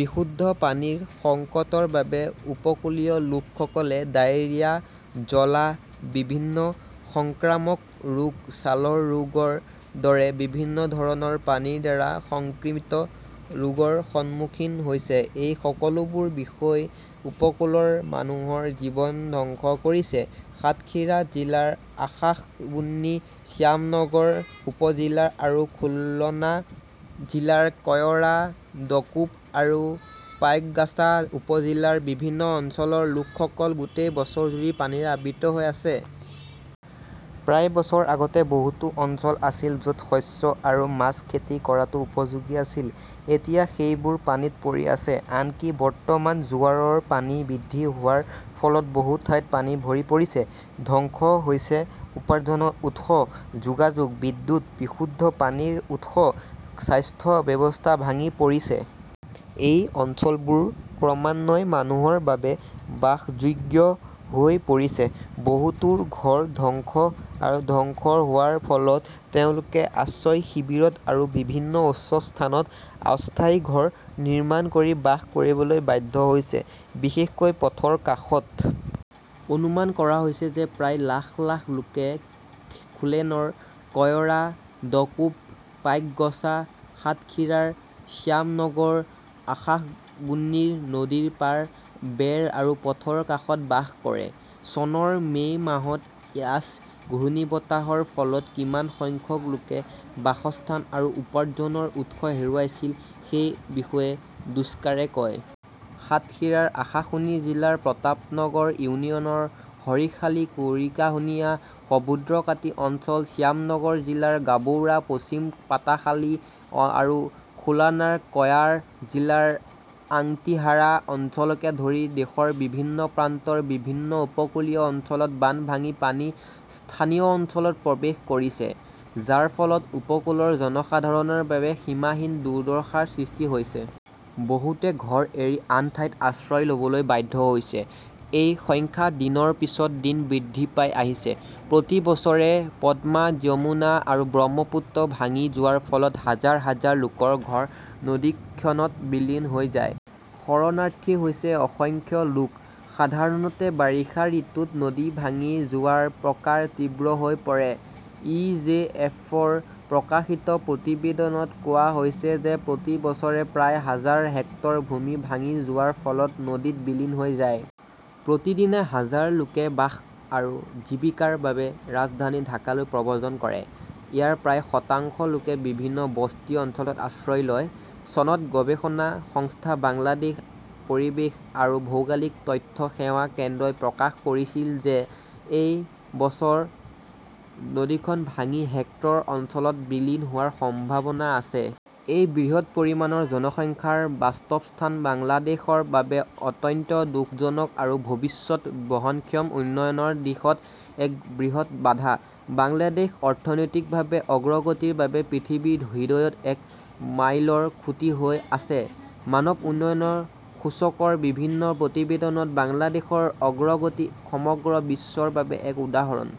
বিশুদ্ধ পানীৰ সংকটৰ বাবে উপকূলীয় লোকসকলে ডায়েৰিয়া, জলাহ, বিভিন্ন সংক্ৰামক ৰোগ, ছালৰ ৰোগৰ দৰে বিভিন্ন ধৰণৰ পানীৰ দ্বাৰা সংক্ৰমিত ৰোগৰ সন্মুখীন হৈছে। এই সকলোবোৰ বিষয়ই উপকূলৰ মানুহৰ জীৱন ধ্বংস কৰিছে। সাতক্ষীৰা জিলাৰ আশাশ্বুনী, শ্যামনগৰ উপ-জিলা আৰু খুলনা জিলাৰ কয়ৰা, ডাকোপ আৰু পাইকগাছা উপ-জিলাৰ বিভিন্ন অঞ্চলৰ লোকসকল গোটেই বছৰজুৰি পানীৰে আবৃত হৈ আছে। প্ৰায় বছৰ আগতে বহুতো অঞ্চল আছিল য 'ত শস্য আৰু মাছ খেতি কৰাটো উপযোগী আছিল, এতিয়া সেইবোৰ পানীত পৰি আছে। আনকি বৰ্তমান জোৱাৰৰ পানী বৃদ্ধি হোৱাৰ ফলত বহু ঠাইত পানী ভৰি পৰিছে। ধ্বংস হৈছে উপাৰ্জনৰ উৎস, যোগাযোগ, বিদ্যুৎ, বিশুদ্ধ পানীৰ উৎস, স্বাস্থ্য ব্যৱস্থা ভাঙি পৰিছে। এই অঞ্চলবোৰ ক্ৰমান্বয়ে মানুহৰ বাবে বাসযোগ্য হৈ পৰিছে। বহুতোৰ ঘৰ ধ্বংস আৰু ধ্বংস হোৱাৰ ফলত তেওঁলোকে আশ্ৰয় শিবিৰত আৰু বিভিন্ন উচ্চ স্থানত অস্থায়ী ঘৰ নিৰ্মাণ কৰি বাস কৰিবলৈ বাধ্য হৈছে, বিশেষকৈ পথৰ কাষত। অনুমান কৰা হৈছে যে প্ৰায় লাখ লাখ লোক খোলেনৰ কয়ৰা, ডাকোপ, পাইকগাছা, সাতখিৰাৰ শ্যামনগৰ, আশাশ্বুনিৰ নদীৰ পাৰ, বেৰ আৰু পথৰ কাষত বাস কৰে। চনৰ মে মাহত ইয়াছ ঘূৰ্ণীবতাহৰ ফলত কিমান সংখ্যক লোকে বাসস্থান আৰু উপাৰ্জনৰ উৎস হেৰুৱাইছিল সেই বিষয়ে দুস্কাৰে কয়। সাতখিৰাৰ আশাশুনি জিলাৰ প্ৰতাপনগৰ ইউনিয়নৰ হৰিশখালী, কুঁৰিকাহুনিয়া, সুভদ্ৰকাটি অঞ্চল, শ্যামনগৰ জিলাৰ গাবৌৰা, পশ্চিম পাতাখালী আৰু খুলনাৰ কয়ৰা জিলাৰ আংটিহাৰা অঞ্চলকে ধৰি দেশৰ বিভিন্ন প্ৰান্তৰ বিভিন্ন উপকূলীয় অঞ্চলত বান্ধ ভাঙি পানী স্থানীয় অঞ্চলত প্ৰৱেশ কৰিছে, যাৰ ফলত উপকূলৰ জনসাধাৰণৰ বাবে সীমাহীন দুৰ্দশাৰ সৃষ্টি হৈছে। বহুতে ঘৰ এৰি আন ঠাইত আশ্ৰয় লʼবলৈ বাধ্য হৈছে। এই সংখ্যা দিনৰ পিছত দিন বৃদ্ধি হৈ আহিছে। প্ৰতি বছৰে পদ্মা, যমুনা আৰু ব্ৰহ্মপুত্ৰ ভাঙি যোৱাৰ ফলত হাজাৰ হাজাৰ লোকৰ ঘৰ নদীখনত বিলীন হৈ যায়। শৰণাৰ্থী হৈছে অসংখ্য লোক। সাধাৰণতে, বাৰিষা ঋতুত নদী ভাঙি যোৱাৰ প্ৰকাৰ তীব্ৰ হৈ পৰে। ই. জে. এফ. -ৰ প্ৰকাশিত প্ৰতিবেদনত কোৱা হৈছে যে প্ৰতি বছৰে প্ৰায় হাজাৰ হেক্টৰ ভূমি ভাঙি যোৱাৰ ফলত নদীত বিলীন হৈ যায়। প্ৰতিদিনে হাজাৰ লোকে বাস আৰু জীৱিকাৰ বাবে ৰাজধানী ঢাকালৈ প্ৰব্ৰজন কৰে। ইয়াৰে প্ৰায় শতাংশ লোকে বিভিন্ন বস্তি অঞ্চলত আশ্ৰয় লয়। চনত গৱেষণা সংস্থা বাংলাদেশ পৰিৱেশ আৰু ভৌগোলিক তথ্য সেৱা কেন্দ্ৰই প্ৰকাশ কৰিছিল যে এই বছৰ নদীখন ভাঙি হেক্টৰ অঞ্চল বিলীন হোৱাৰ সম্ভাৱনা আছে। এই বৃহৎ পৰিমাণৰ জনসংখ্যাৰ বাস্তৱস্থান বাংলাদেশৰ বাবে অত্যন্ত দুখজনক আৰু ভৱিষ্যত বহনক্ষম উন্নয়নৰ দিশত এক বৃহৎ বাধা। বাংলাদেশ অৰ্থনৈতিকভাৱে অগ্ৰগতিৰ বাবে পৃথিৱীৰ হৃদয়ত এক মাইলৰ খুঁটি হৈ আহিছে। মানৱ উন্নয়ন সূচকৰ বিভিন্ন প্ৰতিবেদনত বাংলাদেশৰ অগ্ৰগতি সমগ্ৰ বিশ্বৰ বাবে এক উদাহৰণ।